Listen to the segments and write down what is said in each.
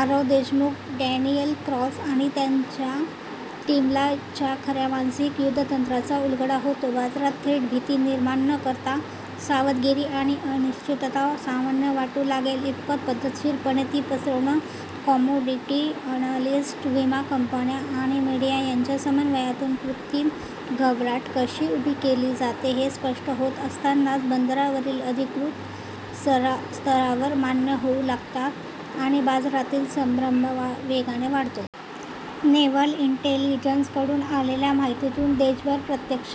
Aarav Deshmukh, Daniel Cross आणि त्यांच्या टीमला च्या खऱ्या मानसिक युद्धतंत्राचा उलगडा होतो. बाजारात थेट भीती निर्माण न करता, "सावधगिरी" आणि "अनिश्चितता" सामान्य वाटू लागेल इतपत पद्धतशीरपणे ती पसरवणं. कमोडिटी ॲनालिस्ट्स, विमा कंपन्या आणि मीडिया यांच्या समन्वयातून कृत्रिम घबराट कशी उभी केली जाते, हे स्पष्ट होत असतानाच बंदरांवरील अधिकृत स्तरावर मान्य होऊ लागतात आणि बाजारातील संभ्रम वेगाने वाढतो. नेव्हल इंटेलिजन्सकडून आलेल्या माहितीतून देशभर प्रत्यक्ष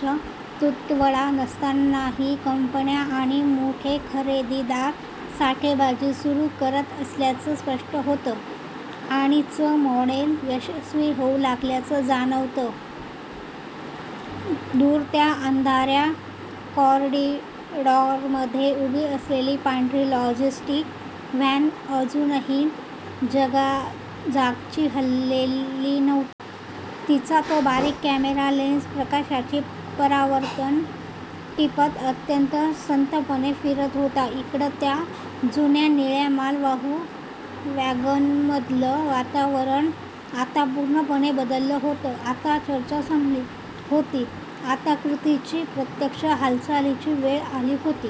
तुटवडा नसतानाही कंपन्या आणि मोठे खरेदीदार साठेबाजी सुरू करत असल्याचं स्पष्ट होतं आणि चं मॉडेल यशस्वी होऊ लागल्याचं जाणवतं. दूर त्या अंधाऱ्या कॉरिडॉरमध्ये उभी असलेली पांढरी लॉजिस्टिक्स व्हॅन अजूनही जागची हलली नव्हती. तिचा तो बारीक कॅमेरा लेन्स प्रकाशाची परावर्तनं टिपत अत्यंत संथपणे फिरत होता. इकडे, त्या जुन्या निळ्या मालवाहू वॅगनमधलं वातावरण आता पूर्णपणे बदललं होतं. आता चर्चा संपली होती. आता कृतीची, प्रत्यक्ष हालचालीची वेळ आली होती.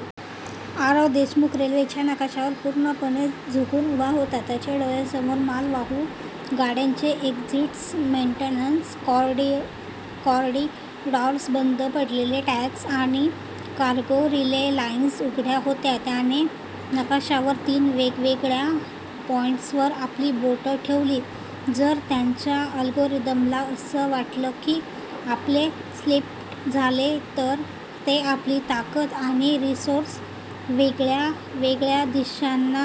आरव देशमुख रेल्वेच्या नकाशावर पूर्णपणे झुकून उभा होता. त्याच्या डोळ्यांसमोर मालवाहू गाड्यांचे एक्झिट्स, मेन्टेनन्स कॉरिडॉर्स, बंद पडलेले ट्रॅक्स आणि कार्गो रिले लाईन्स उघड्या होत्या. त्याने नकाशावर तीन वेगवेगळ्या पॉइंट्सवर आपली बोटं ठेवली, "जर त्यांच्या अल्गोरिदमला असं वाटलं की आपले स्प्लिट झालेत तर ते आपली ताकद आणि रिसोर्सेस वेगवेगळ्या दिशांना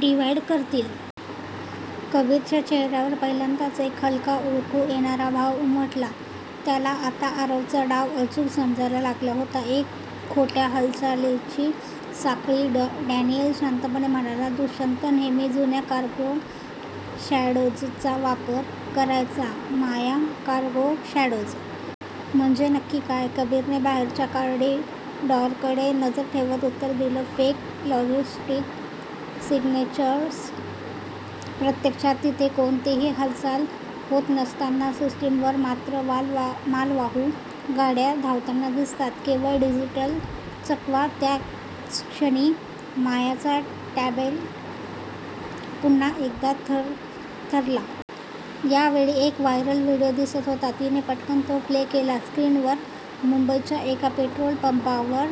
डिव्हाईड करतील." कबीरच्या चेहऱ्यावर पहिल्यांदाच एक हलका, ओळखू येणारा भाव उमटला. त्याला आता आरवचा डाव अचूक समजायला लागला होता. "एक खोट्या हालचालींची साखळी." डॅनियल शांतपणे म्हणाला, "दुष्यंत नेहमी जुन्या कार्गो शॅडोजचा वापर करायचा. " माया,"कार्गो शॅडोज? म्हणजे नक्की काय? कबीरने बाहेरच्या कॉरिडॉरकडे नजर ठेवत उत्तर दिलं, "फेक लॉजिस्टिक्स सिग्नेचर्स. प्रत्यक्षात तिथे कोणतीही हालचाल होत नसताना, सिस्टीमवर मात्र मालवाहू गाड्या धावताना दिसतात. केवळ डिजिटल चकवा! " त्याच क्षणी मायाचा टॅब्लेट पुन्हा एकदा थरथरला. यावेळी एक व्हायरल व्हिडिओ दिसत होता. तिने पटकन तो प्ले केला. स्क्रीनवर मुंबईच्या एका पेट्रोल पंपावर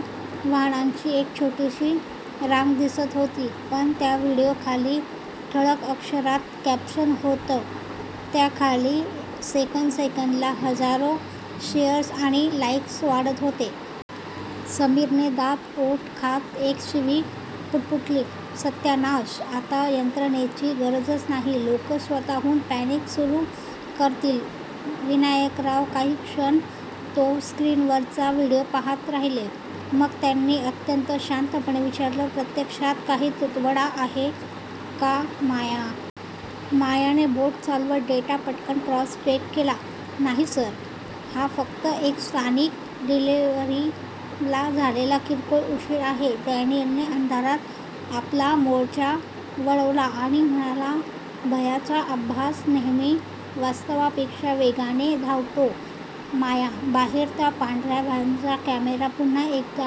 वाहनांची एक छोटीशी रांग दिसत होती. पण त्या व्हिडिओखाली ठळक अक्षरात कॅप्शन होतं. त्याखाली सेकंदासेकंदाला हजारो शेअर्स आणि लाईक्स वाढत होते. समीरने दात ओठ खात एक शिवी पुटपुटली, "सत्यानाश! आता यंत्रणेची गरजच नाही. लोक स्वतःहूनच पॅनिक सुरू करतील." विनायकराव काही क्षण तो स्क्रीनवरचा व्हिडिओ पाहत राहिले. मग त्यांनी अत्यंत शांतपणे विचारलं, "प्रत्यक्षात काही तुटवडा आहे का माया?" मायाने बोटं चालवत डेटा पटकन क्रॉस-चेक केला, "नाही सर. हा फक्त एका स्थानिक डिलिव्हरीला झालेला किरकोळ उशीर आहे." डॅनियलने अंधारात आपला मोर्चा वळवला आणि म्हणाला, "भयाचा आभास नेहमी वास्तवापेक्षा वेगाने धावतो माया." बाहेर, त्या पांढऱ्या व्हॅनचा कॅमेरा पुन्हा एकदा